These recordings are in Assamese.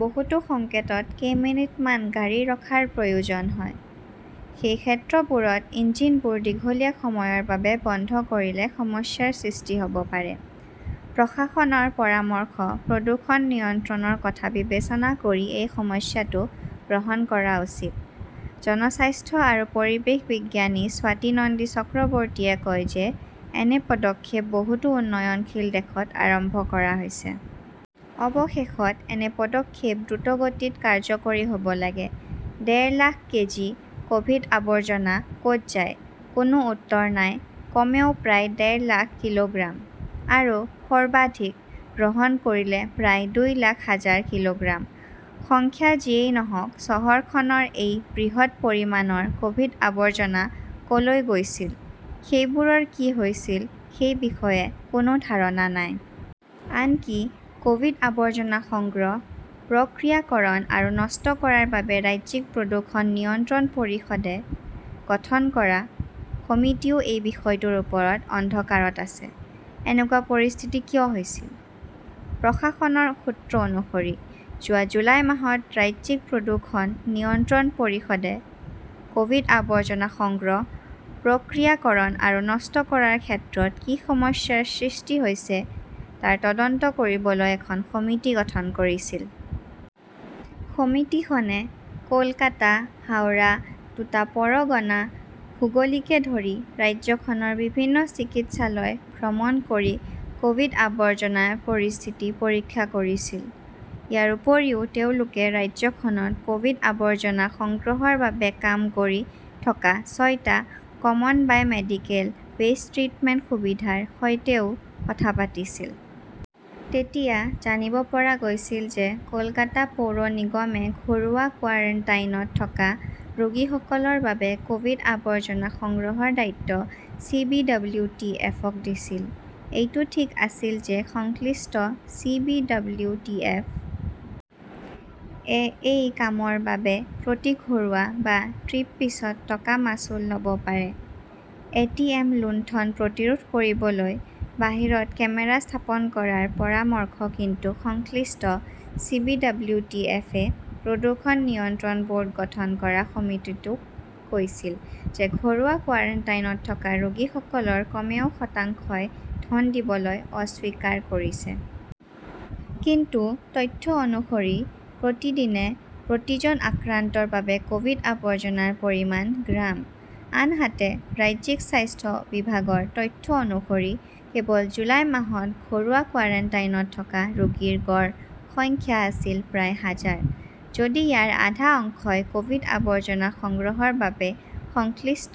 বহুতো সংকেতত কেইমিনিটমান গাড়ী ৰখাৰ প্ৰয়োজন হয়। সেই ক্ষেত্ৰবোৰত ইঞ্জিনবোৰ দীঘলীয়া সময়ৰ বাবে বন্ধ কৰিলে সমস্যাৰ সৃষ্টি হব পাৰে। প্ৰশাসনৰ পৰামৰ্শ, প্ৰদূষণ নিয়ন্ত্ৰণৰ কথা বিবেচনা কৰি এই সমস্যাটো গ্ৰহণ কৰা উচিত। জনস্বাস্থ্য আৰু পৰিৱেশ বিজ্ঞানী স্বাতী নন্দী চক্ৰৱৰ্তীয়ে কয় যে এনে পদক্ষেপ বহুতো উন্নয়নশীল দেশত আৰম্ভ কৰা হৈছে। অৱশেষত এনে পদক্ষেপ দ্ৰুতগতিত কাৰ্যকৰী হব লাগে। ডেৰ লাখ কেজি কভিড-আৱৰ্জনা কত যায়, কোনো উত্তৰ নাই কমেও প্ৰায় ডেৰ লাখ কিলোগ্ৰাম। আৰু সৰ্বাধিক গ্ৰহণ কৰিলে প্ৰায় দুই লাখ হাজাৰ কিলোগ্ৰাম! সংখ্যা যিয়েই নহওঁক, চহৰখনৰ এই বৃহৎ পৰিমাণৰ কভিড-আৱৰ্জনা কলৈ গৈছিল, সেইবোৰৰ কি হৈছিল সেই বিষয়ে কোনো ধাৰণা নাই। আনকি কভিড-আৱৰ্জনা সংগ্ৰহ, প্ৰক্ৰিয়াকৰণ আৰু নষ্ট কৰাৰ বাবে ৰাজ্যিক প্ৰদূষণ নিয়ন্ত্ৰণ পৰিষদে গঠন কৰা সমিতিও এই বিষয়টোৰ ওপৰত অন্ধকাৰত আছে। এনেকুৱা পৰিস্থিতি কিয় হৈছিল? প্ৰশাসনৰ সূত্ৰ অনুসৰি, যোৱা জুলাই মাহত ৰাজ্যিক প্ৰদূষণ নিয়ন্ত্ৰণ পৰিষদে কভিড-আৱৰ্জনা সংগ্ৰহ, প্ৰক্ৰিয়াকৰণ আৰু নষ্ট কৰাৰ ক্ষেত্ৰত কি সমস্যাৰ সৃষ্টি হৈছে তাৰ তদন্ত কৰিবলৈ এখন সমিতি গঠন কৰিছিল। সমিতিখনে কলকাতা, হাওৰা, দুটা পৰগনা, হুগলীকে ধৰি ৰাজ্যখনৰ বিভিন্ন চিকিৎসালয় ভ্ৰমণ কৰি কভিড আৱৰ্জনাৰ পৰিস্থিতি পৰীক্ষা কৰিছিল। ইয়াৰ উপৰিও, তেওঁলোকে ৰাজ্যখনত কভিড-আৱৰ্জনা সংগ্ৰহৰ বাবে কাম কৰি থকা ছয়টা 'common bio medical waste treatment সুবিধাৰ সৈতেও কথা পাতিছিল। তেতিয়া জানিব পৰা গৈছিল যে কলকাতা পৌৰ নিগমে ঘৰুৱা কোৱাৰাণ্টাইনত থকা ৰোগীসকলৰ বাবে কভিড-আৱৰ্জনা সংগ্ৰহৰ দায়িত্ব C. B. W. T. F. -ক দিছিল। এইটো ঠিক আছিল যে সংশ্লিষ্ট C. B. W. T. F. -এ এই কামৰ বাবে প্ৰতি ঘৰুৱা বা ট্ৰিপপিছত টকা মাচুল ল 'ব পাৰে। এ. টি. এম. লুণ্ঠন প্ৰতিৰোধ কৰিবলৈ বাহিৰত কেমেৰা স্থাপন কৰাৰ পৰামৰ্শ কিন্তু সংশ্লিষ্ট C. B. W. T. F. -এ প্ৰদূষণ নিয়ন্ত্ৰণ বৰ্ড গঠন কৰা সমিতিটোক কৈছিল যে ঘৰুৱা কোৱাৰাণ্টাইনত থকা ৰোগীসকলৰ কমেও শতাংশই ধন দিবলৈ অস্বীকাৰ কৰিছে। কিন্তু তথ্য অনুসৰি প্ৰতিদিনে প্ৰতিজন আক্ৰান্তৰ বাবে কভিড-আৱৰ্জনাৰ পৰিমাণ গ্ৰাম। আনহাতে, ৰাজ্যিক স্বাস্থ্য বিভাগৰ তথ্য অনুসৰি, কেৱল জুলাই মাহত ঘৰুৱা কোৱাৰাণ্টাইনত থকা ৰোগীৰ গড় সংখ্যা আছিল প্ৰায় হাজাৰ। যদি ইয়াৰ আধা অংশই কভিড-আৱৰ্জনা সংগ্ৰহৰ বাবে সংশ্লিষ্ট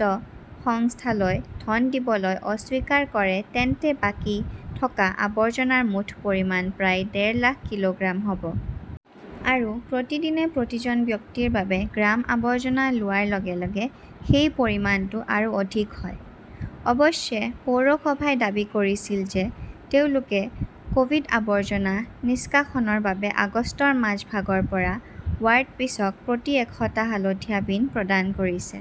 সংস্থালৈ ধন দিবলৈ অস্বীকাৰ কৰে, তেন্তে বাকী থকা আৱৰ্জনাৰ মুঠ পৰিমাণ প্ৰায় ডেৰ লাখ কিলোগ্ৰাম হব। আৰু প্ৰতিদিনে প্ৰতিজন ব্যক্তিৰ বাবে গ্ৰাম আৱৰ্জনা লোৱাৰ লগে-লগে সেই পৰিমাণটো আৰু অধিক হয়! অৱশ্যে, পৌৰসভাই দাবী কৰিছিল যে তেওঁলোকে ক'ভিড-আৱৰ্জনা নিষ্কাশনৰ বাবে আগষ্টৰ মাজভাগৰ পৰা ৱাৰ্ডপিচক প্ৰতি এশ টা হালধীয়া বীন প্ৰদান কৰিছে।